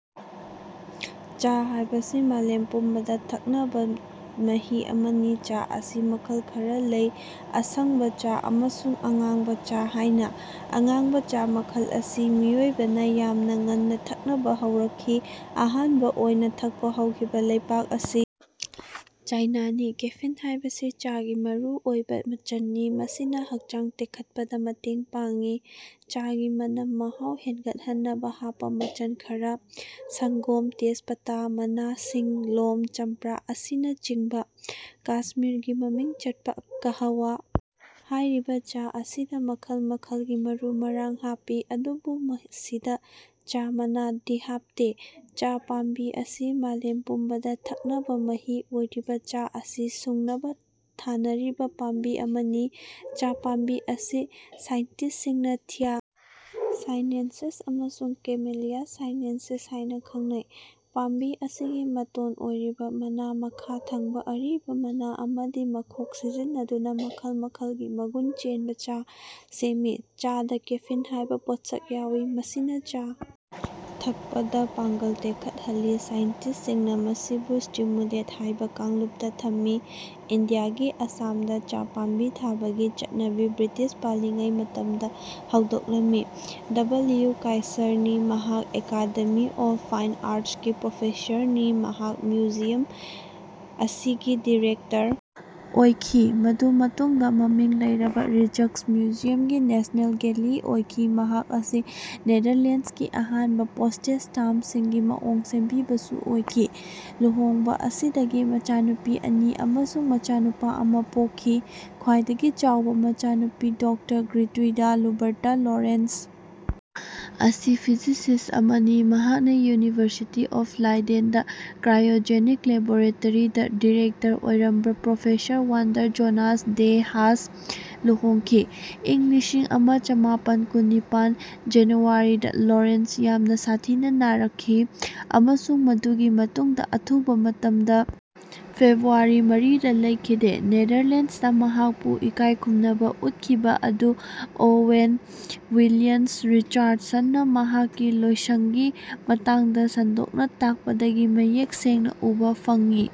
ꯆꯥ ꯍꯥꯏꯕꯁꯤ ꯃꯥꯂꯦꯝ ꯄꯨꯝꯕꯗ ꯊꯛꯅꯔꯕ ꯃꯍꯤ ꯑꯃꯅꯤ꯫ ꯆꯥ ꯑꯁꯤ ꯃꯈꯜ ꯈꯔꯥ ꯂꯩ ꯑꯁꯪꯕ ꯆꯥ ꯑꯃꯁꯨꯡ ꯑꯉꯥꯡꯕ ꯆꯥ ꯍꯥꯏꯅ꯫ ꯑꯉꯥꯡꯕ ꯆꯥ ꯃꯈꯜ ꯑꯁꯤ ꯃꯤꯑꯣꯏꯕꯅ ꯌꯥꯝꯅ ꯉꯟꯅ ꯊꯛꯅꯕ ꯍꯧꯔꯛꯈꯤ ꯑꯍꯥꯟꯕ ꯑꯣꯏꯅ ꯊꯛꯄ ꯍꯧꯈꯤꯕ ꯂꯩꯄꯥꯛ ꯑꯁꯤ ꯆꯥꯏꯅꯅꯤ꯫ ꯀꯦꯐꯤꯟ ꯍꯥꯏꯕꯁꯤ ꯆꯥ ꯒꯤ ꯃꯔꯨ ꯑꯣꯏꯕ ꯃꯆꯟꯅꯤ꯫ ꯃꯁꯤꯅ ꯍꯛꯆꯥꯡ ꯇꯦꯛꯈꯠꯄꯗ ꯃꯇꯦꯟ ꯄꯥꯡꯏ꯫ ꯆꯥ ꯒꯤ ꯃꯅꯝ ꯃꯍꯥꯎ ꯍꯦꯟꯒꯠꯍꯟꯅꯕ ꯍꯥꯞꯄ ꯃꯆꯟ ꯈꯔ ꯁꯪꯒꯣꯝ ꯇꯦꯖꯄꯇ ꯃꯅꯥ ꯁꯤꯡ ꯂꯣꯡ ꯆꯝꯄ꯭ꯔꯥ ꯑꯁꯤꯅ ꯆꯤꯡꯕ꯫ ꯀꯁꯃꯤꯔꯒꯤ ꯃꯃꯤꯡ ꯆꯠꯄ ꯀꯥꯍꯋꯥ ꯍꯥꯏꯔꯤꯕ ꯆꯥ ꯑꯁꯤꯗ ꯃꯈꯜ ꯃꯈꯜꯒꯤ ꯃꯔꯨ ꯃꯔꯥꯡ ꯍꯥꯞꯄꯤ ꯑꯗꯨꯕꯨ ꯃꯁꯤꯗ ꯆꯥ ꯃꯅꯥꯗꯤ ꯍꯥꯞꯇꯦ꯫ ꯆꯥ ꯄꯥꯝꯕꯤ ꯑꯁꯤ ꯃꯥꯂꯦꯝ ꯄꯨꯝꯕꯗ ꯊꯛꯅꯕ ꯃꯍꯤ ꯑꯣꯢꯔꯤꯕ ꯆꯥ ꯑꯁꯤ ꯁꯨꯡꯅꯕ ꯊꯥꯟꯅꯔꯤꯕ ꯄꯥꯝꯕꯤ ꯑꯃꯅꯤ꯫ ꯆꯥ ꯄꯥꯝꯕꯤ ꯑꯁꯤ ꯁꯥꯏꯟꯇꯤꯁ ꯁꯤꯡꯅ ꯊꯤꯌꯥ ꯁꯥꯏꯅꯦꯟꯁꯤꯁ ꯑꯃꯁꯨꯡ ꯀꯦꯃꯤꯂꯤꯌꯥ ꯁꯥꯏꯅꯦꯟꯁꯤꯁ ꯍꯥꯏꯅ ꯈꯪꯅꯩ꯫ ꯄꯥꯝꯕꯤ ꯑꯁꯤꯒꯤ ꯃꯇꯣꯟ ꯑꯣꯏꯔꯤꯕ ꯃꯅꯥ ꯃꯈꯥ ꯊꯪꯕ ꯑꯔꯤꯕ ꯃꯅꯥ ꯑꯃꯗꯤ ꯃꯈꯣꯛ ꯁꯤꯖꯤꯟꯅꯗꯨꯅ ꯃꯈꯜ ꯃꯈꯜ ꯒꯤ ꯃꯒꯨꯟ ꯆꯦꯟꯕ ꯆꯥ ꯁꯦꯝꯃꯤ꯫ ꯆꯥ ꯗ ꯀꯦꯐꯤꯟ ꯍꯥꯏꯕ ꯄꯣꯠꯁꯛ ꯌꯥꯎꯏ꯫ ꯃꯁꯤꯅ ꯆꯥ ꯊꯛꯄꯗ ꯄꯥꯡꯒꯜ ꯇꯦꯛꯈꯠꯍꯜꯂꯤ꯫ ꯁꯥꯏꯟꯇꯤꯁ ꯁꯤꯡꯅ ꯃꯁꯤꯕꯨ ꯁ꯭ꯇꯤꯃꯨꯂꯦꯟꯠ ꯍꯥꯏꯕ ꯀꯥꯡꯂꯨꯞꯇ ꯊꯝꯃꯤ꯫ ꯏꯟꯗꯤꯌꯥꯒꯤ ꯑꯁꯥꯝ ꯗ ꯆꯥ ꯄꯥꯝꯕꯤ ꯊꯥꯕꯒꯤ ꯆꯠꯅꯕꯤ ꯕ꯭ꯔꯤꯇꯤꯁ ꯄꯥꯟꯂꯤꯉꯩ ꯃꯇꯝꯗ ꯍꯧꯗꯣꯛꯂꯝꯃꯤ꯫ ꯗꯕꯜꯌꯨ ꯀꯥꯏꯁꯔꯅꯤ ꯃꯍꯥꯛ ꯑꯦꯀꯥꯗꯦꯃꯤ ꯑꯣꯐ ꯐꯥꯏꯟ ꯑꯥꯔꯠꯁꯀꯤ ꯄ꯭ꯔꯣꯐꯦꯁꯔꯅꯤ꯫ ꯃꯍꯥꯛ ꯃ꯭ꯌꯨꯖꯤꯌꯝ ꯑꯁꯤꯒꯤ ꯗꯤꯔꯦꯛꯇꯔ ꯑꯣꯏꯈꯤ ꯃꯗꯨ ꯃꯇꯨꯡꯗ ꯃꯃꯤꯡ ꯂꯩꯔꯕ ꯔꯤꯖꯛ꯭ꯁꯃ꯭ꯌꯨꯖꯤꯌꯝꯒꯤ ꯅꯦꯁ꯭ꯅꯦꯜ ꯒꯦꯜꯂꯤ ꯑꯣꯏꯈꯤ꯫ ꯃꯍꯥꯛ ꯑꯁꯤ ꯅꯦꯗꯔꯂꯦꯟ꯭ꯁꯀꯤ ꯑꯍꯥꯟꯕ ꯄꯣꯁ꯭ꯇꯦꯖ ꯁ꯭ꯇꯥꯝꯞꯁꯤꯡꯒꯤ ꯃꯑꯣꯡ ꯁꯦꯝꯕꯤꯕꯁꯨ ꯑꯣꯏꯈꯤ꯫ ꯂꯨꯍꯣꯡꯕ ꯑꯁꯤꯗꯒꯤ ꯃꯆꯥꯅꯨꯄꯤ ꯑꯅꯤ ꯑꯃꯁꯨꯡ ꯃꯆꯥꯅꯨꯄꯥ ꯑꯃ ꯄꯣꯛꯈꯤ꯫ ꯈ꯭ꯋꯥꯏꯗꯒꯤ ꯆꯥꯎꯕ ꯃꯆꯥꯅꯨꯄꯤ ꯗꯣꯛꯇꯔ ꯒꯤꯔꯇ꯭ꯔꯨꯏꯗꯥ ꯂꯨꯕꯔꯇꯥ ꯂꯣꯔꯦꯟꯠꯖ ꯑꯁꯤ ꯐꯤꯖꯤꯁꯤꯁꯠ ꯑꯃꯅꯤ꯫ ꯃꯍꯥꯛꯅ ꯌꯨꯅꯤꯚꯔꯁꯤꯇꯤ ꯑꯣꯐ ꯂꯥꯏꯗꯦꯟꯗ ꯀ꯭ꯔꯥꯏꯑꯣꯖꯦꯟꯛ ꯂꯦꯕꯣꯔꯇꯣꯔꯤꯗ ꯗꯤꯔꯦꯛꯇꯔ ꯑꯣꯏꯔꯝꯕ professor Wander Johannes de Haas ꯂꯨꯍꯣꯡꯈꯤ꯫ ꯏꯪ ꯂꯤꯁꯤꯡ ꯑꯃ ꯆꯃꯥꯄꯟ ꯀꯨꯟ ꯅꯤꯄꯥꯟ ꯖꯅꯨꯋꯥꯔꯤꯗ ꯂꯣꯔꯦꯟꯠꯖ ꯌꯥꯝꯅ ꯁꯥꯊꯤꯅ ꯅꯥꯔꯛꯈꯤ, ꯑꯃꯁꯨꯡ ꯃꯗꯨꯒꯤ ꯃꯇꯨꯡꯗ ꯑꯊꯨꯕ ꯃꯇꯝꯗ ꯐꯦꯕ꯭ꯔꯨꯋꯥꯔꯤ ꯃꯔꯤꯗ ꯂꯩꯈꯤꯗꯦ꯫ ꯅꯦꯗꯔꯂꯦꯟꯁꯇ ꯃꯍꯥꯛꯄꯨ ꯏꯀꯥꯏꯈꯨꯝꯅꯕ ꯎꯠꯈꯤꯕ ꯑꯗꯨ ꯑꯣꯋꯦꯟ ꯋꯤꯂꯟ꯭ꯁ ꯔꯤꯆꯥꯔꯗꯁꯟꯅ ꯃꯍꯥꯛꯀꯤ ꯂꯣꯏꯁꯡꯒꯤ ꯃꯇꯥꯡꯗ ꯁꯟꯗꯣꯛꯅ ꯇꯥꯛꯄꯗꯒꯤ ꯃꯌꯦꯛ ꯁꯦꯡꯅ ꯎꯕ ꯐꯪꯉꯤ꯫